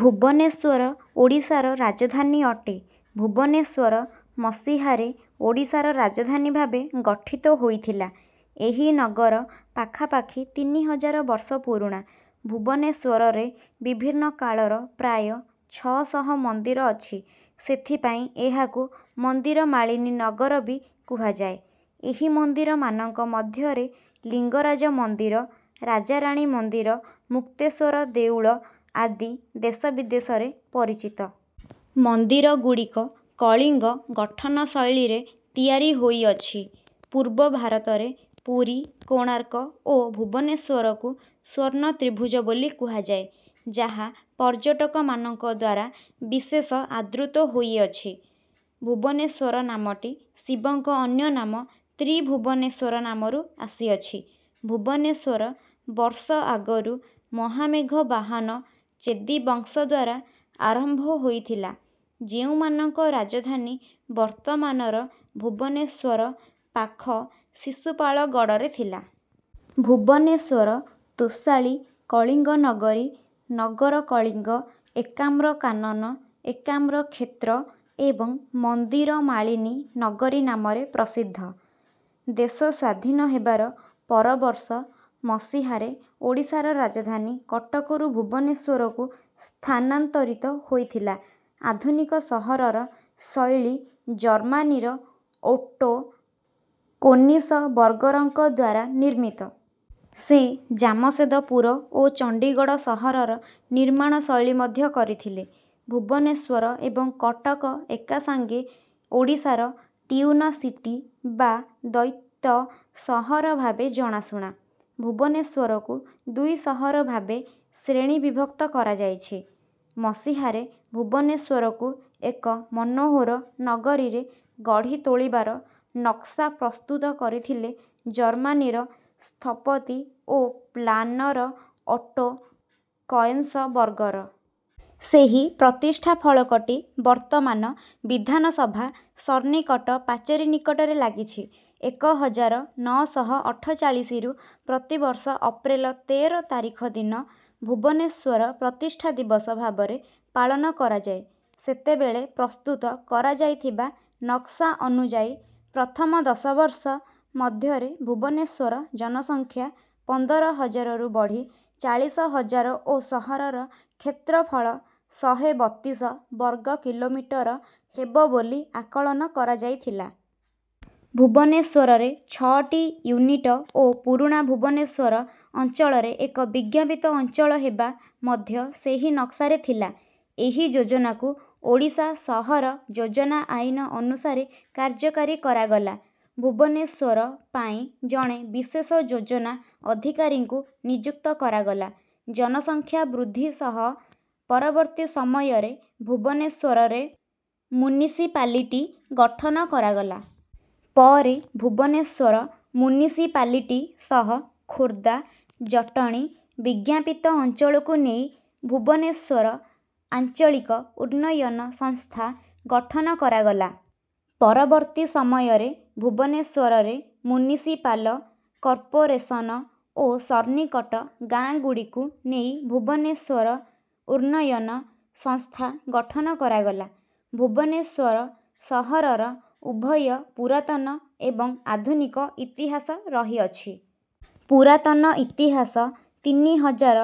ଭୁବନେଶ୍ୱର ଓଡ଼ିଶାର ରାଜଧାନୀ ଅଟେ। ଭୁବନେଶ୍ୱର ମସିହାରେ ଓଡ଼ିଶାର ରାଜଧାନୀ ଭାବେ ଗଠିତ ହୋଇଥିଲା। ଏହି ନଗର ପାଖାପାଖି ତିନିହଜାର ବର୍ଷ ପୁରୁଣା। ଭୁବନେଶ୍ୱରରେ ବିଭିନ୍ନ କାଳର ପ୍ରାୟ ଛଅ ଶହ ମନ୍ଦିର ଅଛି ସେଥିପାଇଁ ଏହାକୁ ମନ୍ଦିର ମାଳିନୀ ନଗର ବି କୁହାଯାଏ। ଏହି ମନ୍ଦିରମାନଙ୍କ ମଧ୍ୟରେ ଲିଙ୍ଗରାଜ ମନ୍ଦିର, ରାଜାରାଣୀ ମନ୍ଦିର, ମୁକ୍ତେଶ୍ୱର ଦେଉଳ ଆଦି ଦେଶ ବିଦେଶରେ ପରିଚିତ। ମନ୍ଦିରଗୁଡିକ କଳିଙ୍ଗ ଗଠନଶୈଳୀରେ ତିଆରି ହୋଇଅଛି। ପୂର୍ବ ଭାରତରେ ପୁରୀ, କୋଣାର୍କ ଓ ଭୁବନେଶ୍ୱରକୁ ସ୍ୱର୍ଣ୍ଣ ତ୍ରିଭୁଜ ବୋଲି କୁହାଯାଏ, ଯାହା ପର୍ଯ୍ୟଟକମାନଙ୍କଦ୍ୱାରା ବିଶେଷ ଆଦୃତ ହୋଇଅଛି। ଭୁବନେଶ୍ୱର ନାମଟି ଶିବଙ୍କ ଅନ୍ୟନାମ ତ୍ରିଭୁବନେଶ୍ୱର ନାମରୁ ଆସିଅଛି। ଭୁବନେଶ୍ୱର ବର୍ଷ ଆଗରୁ ମହାମେଘ ବାହନ ଚେଦି ବଂଶଦ୍ୱାରା ଆରମ୍ଭ ହୋଇଥିଲା ଯେଉଁମାନଙ୍କ ରାଜଧାନୀ ବର୍ତ୍ତମାନର ଭୁବନେଶ୍ୱର ପାଖ ଶିଶୁପାଳଗଡ଼ରେ ଥିଲା। ଭୁବନେଶ୍ୱର ତୋଷାଳୀ, କଳିଙ୍ଗ ନଗରୀ, ନଗର କଳିଙ୍ଗ, ଏକାମ୍ର କାନନ, ଏକାମ୍ର କ୍ଷେତ୍ର ଏବଂ ମନ୍ଦିର ମାଳିନୀ ନଗରୀ ନାମରେ ପ୍ରସିଦ୍ଧ। ଦେଶ ସ୍ୱାଧୀନ ହେବାର ପରବର୍ଷ, ମସିହାରେ ଓଡ଼ିଶାର ରାଜଧାନୀ କଟକରୁ ଭୁବନେଶ୍ୱରକୁ ସ୍ଥାନାନ୍ତରିତ ହୋଇଥିଲା। ଆଧୁନିକ ସହରର ଶୈଳୀ ଜର୍ମାନୀର ଓଟୋ କୋନିସବର୍ଗରଙ୍କଦ୍ୱାରା ନିର୍ମିତ। ସେ ଜାମସେଦପୁର ଓ ଚଣ୍ଡୀଗଡ଼ ସହରର ନିର୍ମାଣ ଶୈଳୀ ମଧ୍ୟ କରିଥିଲେ। ଭୁବନେଶ୍ୱର ଏବଂ କଟକ ଏକାସାଙ୍ଗେ ଓଡ଼ିଶାର ଟ୍ୱିନ ସିଟି ବା ଦୈତ ସହର ଭାବେ ଜଣାଶୁଣା। ଭୁବନେଶ୍ୱରକୁ ଦୁଇ ସହର ଭାବେ ଶ୍ରେଣୀବିଭକ୍ତ କରାଯାଇଛି। ମସିହାରେ, ଭୁବନେଶ୍ୱରକୁ ଏକ ମନହୋର ନଗରୀରେ ଗଢି ତୋଳିବାର ନକ୍ସା ପ୍ରସ୍ତୁତ କରିଥିଲେ ଜର୍ମାନୀର ସ୍ଥପତି ଓ ପ୍ଲାନର ଅଟୋ କଏନ୍ସବର୍ଗର। ସେହି ପ୍ରତିଷ୍ଠା ଫଳକଟି ବର୍ତ୍ତମାନ ବିଧାନ ସଭା ସନ୍ନିକଟ ପାଚେରୀ ନିକଟରେ ଲାଗିଛି। ଏକ ହଜାର ନଅ ଶହ ଅଠଚାଳିଶି ରୁ ପ୍ରତିବର୍ଷ ଅପ୍ରେଲ ତେର ତାରିଖ ଦିନ, ଭୁବନେଶ୍ୱର ପ୍ରତିଷ୍ଠା ଦିବସ ଭାବରେ ପାଳନ କରାଯାଏ। ସେତେବେଳେ ପ୍ରସ୍ତୁତ କରାଯାଇଥିବା ନକ୍ସା ଅନୁଯାୟୀ, ପ୍ରଥମ ଦଶ ବର୍ଷ ମଧ୍ୟରେ ଭୁବନେଶ୍ୱର ଜନସଂଖ୍ୟା ପନ୍ଦର ହଜାରରୁ ବଢି ଚାଳିଶ ହଜାର ଓ ସହରର କ୍ଷେତ୍ରଫଳ ଶହେ ବତିଶ ବର୍ଗ କିଲୋମିଟର ହେବ ବୋଲି ଆକଳନ କରାଯାଇଥିଲା। ଭୁବନେଶ୍ୱରରେ ଛଅଟି ୟୁନିଟ ଓ ପୁରୁଣା ଭୁବନେଶ୍ୱର ଅଞ୍ଚଳରେ ଏକ ବିଜ୍ଞାପିତ ଅଞ୍ଚଳ ହେବା ମଧ୍ୟ ସେହି ନକ୍ସାରେ ଥିଲା। ଏହି ଯୋଜନାକୁ ଓଡ଼ିଶା ସହର ଯୋଜନା ଆଇନ ଅନୁସାରେ କାର୍ଯ୍ୟକାରି କରାଗଲା। ଭୁବନେଶ୍ୱର ପାଇଁ ଜଣେ ବିଶେଷ ଯୋଜନା ଅଧିକାରୀଙ୍କୁ ନିଯୁକ୍ତ କରାଗଲା। ଜନସଂଖ୍ୟା ବୃଦ୍ଧି ସହ ପରବର୍ତ୍ତୀ ସମୟରେ, ଭୁବନେଶ୍ୱରରେ ମୁନିସିପାଲିଟି ଗଠନ କରାଗଲା। ପରେ ଭୁବନେଶ୍ୱର ମୁନିସିପାଲିଟି ସହ ଖୋର୍ଦ୍ଦା, ଜଟଣୀ ବିଜ୍ଞାପିତ ଅଞ୍ଚଳକୁ ନେଇ "ଭୁବନେଶ୍ୱର ଆଞ୍ଚଳିକ ଉନ୍ନୟନ ସଂସ୍ଥା" ଗଠନ କରାଗଲା। ପରବର୍ତ୍ତୀ ସମୟରେ, ଭୁବନେଶ୍ୱରରେ ମୁନିସିପାଲ କର୍ପୋରେସନ ଓ ସନ୍ନିକଟ ଗାଁଗୁଡିକୁ ନେଇ ଭୁବନେଶ୍ୱର ଉନ୍ନୟନ ସଂସ୍ଥା ଗଠନ କରାଗଲା। ଭୁବନେଶ୍ୱର ସହରର ଉଭୟ ପୁରାତନ ଏବଂ ଆଧୁନିକ ଇତିହାସ ରହିଅଛି। ପୁରାତନ ଇତିହାସ ତିନି ହଜାର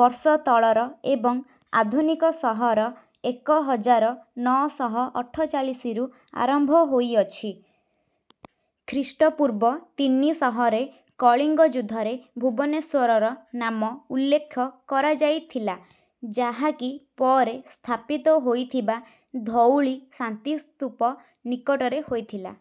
ବର୍ଷ ତଳର ଏବଂ ଆଧୁନିକ ସହର ଏକ ହଜାର ନଅ ଶହ ଅଠଚାଳିଶି ରୁ ଆରମ୍ଭ ହୋଇ ଅଛି। ଖ୍ରୀଷ୍ଟପୂର୍ବ ତିନି ଶହ ରେ କଳିଙ୍ଗ ଯୁଦ୍ଧରେ ଭୁବନେଶ୍ୱରର ନାମ ଉଲ୍ଲେଖ କରାଯାଇଥିଲା ଯାହାକି ପରେ ସ୍ଥାପିତ ହୋଇଥିବା ଧଉଳି ଶାନ୍ତିସ୍ତୁପ ନିକଟରେ ହୋଇଥିଲା।